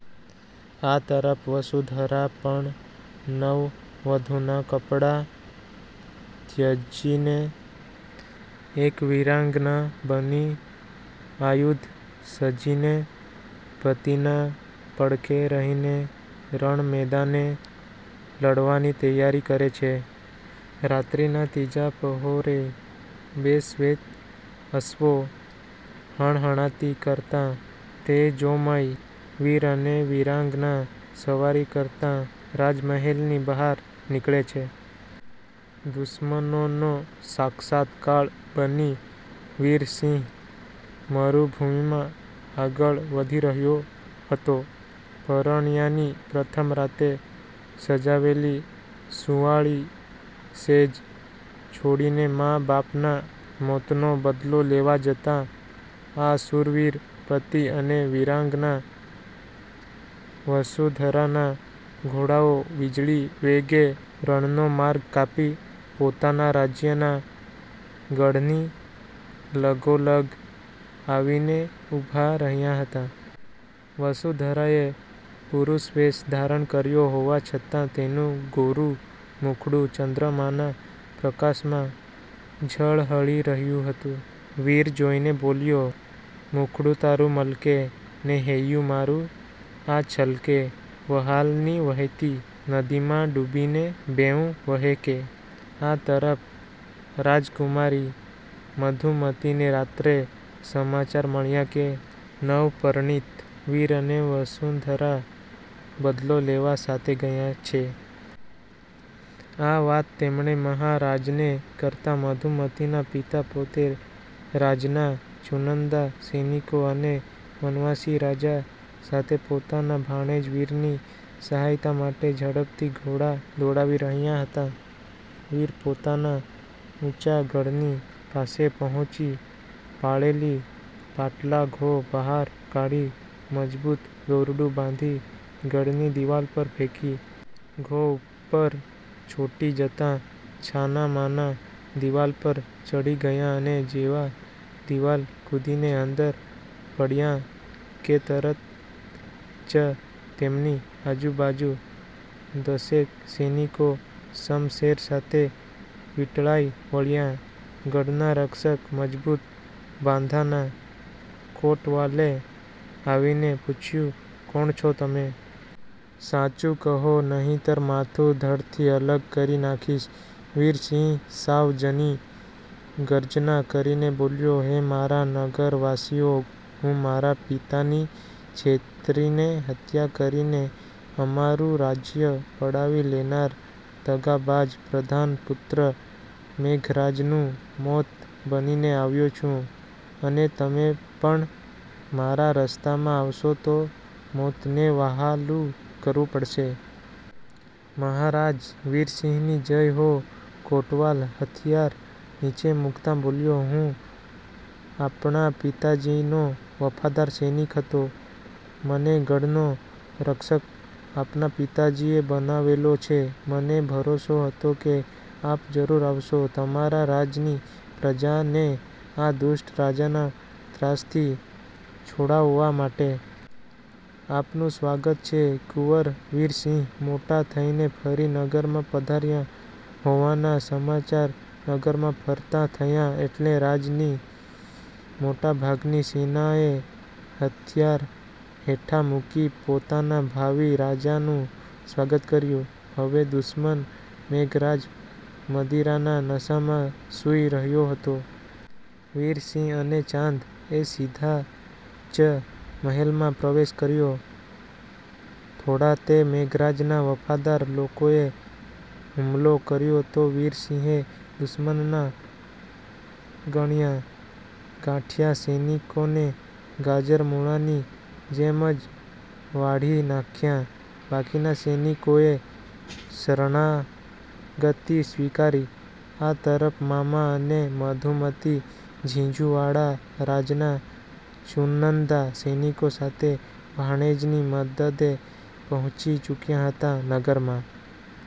આ તરફ વસુંધરા પણ નવવધૂના કપડાં ત્યજીને એક વીરાંગના બની આયુધ સજીને પતિના પડખે રહીને રણમેદાને લડવાની તૈયારી કરે છે. રાત્રીના ત્રીજા પહોરે બે શ્વેત અશ્વો હણહણાતી કરતાં તેજોમય વીર અને વીરાંગના સવારી કરતાં રાજમહેલની બહાર નીકળે છે. દુશ્મનોનો સાક્ષાત કાળ બની વીરસિંહ મરુભૂમિમાં આગળ વધી રહયો હતો. પરણ્યાની પ્રથમ રાતે સજાવેલી સુંવાળી સેજ છોડીને મા બાપનાં મોતનો બદલો લેવા જતાં આ શૂરવીર પતિ અને વીરાંગના વસુંધરાનાં ઘોડાઓ વીજળી વેગે રણનો માર્ગ કાપી પોતાનાં રાજ્યનાં ગઢની લગોલગ આવીને ઊભાં રહ્યાં હતાં. વસુંધરાએ પુરુષવેશ ધારણ કર્યોં હોવા છતાં તેનું ગોરું મુખડું ચન્દ્રમાંના પ્રકાશમાં ઝળહળી રહ્યુ હતું. વીર જોઈને બોલ્યો,"મુખડું તારુ મલકે, ને હૈયું મારુ આ છલકે વ્હાલની વહેતી નદીમાં ડૂબીને બેઉં બહેકે." આ તરફ રાજકુમારી મધુમતીને રાત્રે સમાચાર મળ્યાં કે નવપરણિત વીર અને વસુંધરા બદલો લેવા સાથે ગયાં છે. આ વાત તેમણે મહારાજને કરતાં મધુમતીના પિતા પોતે રાજનાં ચુનંદા સૈનિકો અને વનવાસી રાજા સાથે પોતાનાં ભાણેજ વીરની સહાયતા માટે ઝડપથી ઘોડા દોડાવી રહ્યાં હતાં. વીર પોતાનાં ઊંચા ગઢની પાસે પહોંચી પાળેલી પાટલા ઘો બહાર કાઢી મજબૂત દોરડું બાંધી ગઢની દીવાલ પર ફેંકી. ઘો ઉપર ચોંટી જતાં છાનાંમાના દીવાલ પર ચડી ગયાં અને જેવાં દીવાલ કૂદીને અંદર પડ્યાં કે તરત જ તેમની આજુબાજુ દશેક સૈનિકો શમશેર સાથે વીંટળાઈ વળ્યાં. ગઢનાં રક્ષક મજબૂત બાંધાના કોટવાલે આવીને પૂછ્યું,"કોણ છો તમે? સાચું કહો, નહીતર માથું ધડથી અલગ કરી નાખીશ." વીરસિંહ સાવજની ગર્જના કરીને બોલ્યો,"હે મારાં નગરવાસીઓ હું મારાં પિતાની છેતરીને હત્યા કરીને અમારું રાજ્ય પડાવી લેનાર દગાબાજ પ્રધાનપુત્ર મેઘરાજનું મોત બનીને આવ્યો છું. અને તમે પણ મારાં રસ્તામાં આવશો તો મોતને વહાલું કરવું પડશે." "મહારાજ વીરસિંહની જય હો." કોટવાલ હથિયાર નીચે મૂકતાં બોલ્યો,"હું આપણા પિતાજીનો વફાદાર સૈનિક હતો, મને ગઢનો રક્ષક આપનાં પિતાજીએ બનાવેલો છે. મને ભરોસો હતો કે આપ જરૂર આવશો, તમારાં રાજની પ્રજાને આ દુષ્ટ રાજાનાં ત્રાસથી છોડાવવા માટે. આપનું સ્વાગત છે." કુંવર વીરસિંહ મોટા થઈને ફરી નગરમાં પધાર્યા હોવાના સમાચાર નગરમાં ફરતાં થયાં એટલે રાજની મોટાભાગની સેનાએ હથિયાર હેઠા મૂકી પોતાનાં ભાવી રાજાનું સ્વાગત કર્યુ. હવે દુશ્મન મેઘરાજ મદિરાના નશામાં સુઈ રહયો હતો. વીરસિંહ અને ચાંદ એ સીધાં જ મહેલમાં પ્રવેશ કર્યોં, થોડાં તે મેઘરાજનાં વફાદાર લોકોએ હુમલો કર્યોં તો વીરસિંહે દુશ્મનનાં ગણ્યાં ગાંઠ્યા સૈનિકોને ગાજર મૂળાની જેમ જ વાઢી નાખ્યાં. બાકીનાં સૈનિકોએ શરણાગતિ સ્વીકારી. આ તરફ મામા અને મધુમતી ઝીંઝુવાડા રાજનાં ચુનંદા સૈનિકો સાથે ભાણેજની મદદે પહોંચી ચુક્યા હતાં નગરમાં.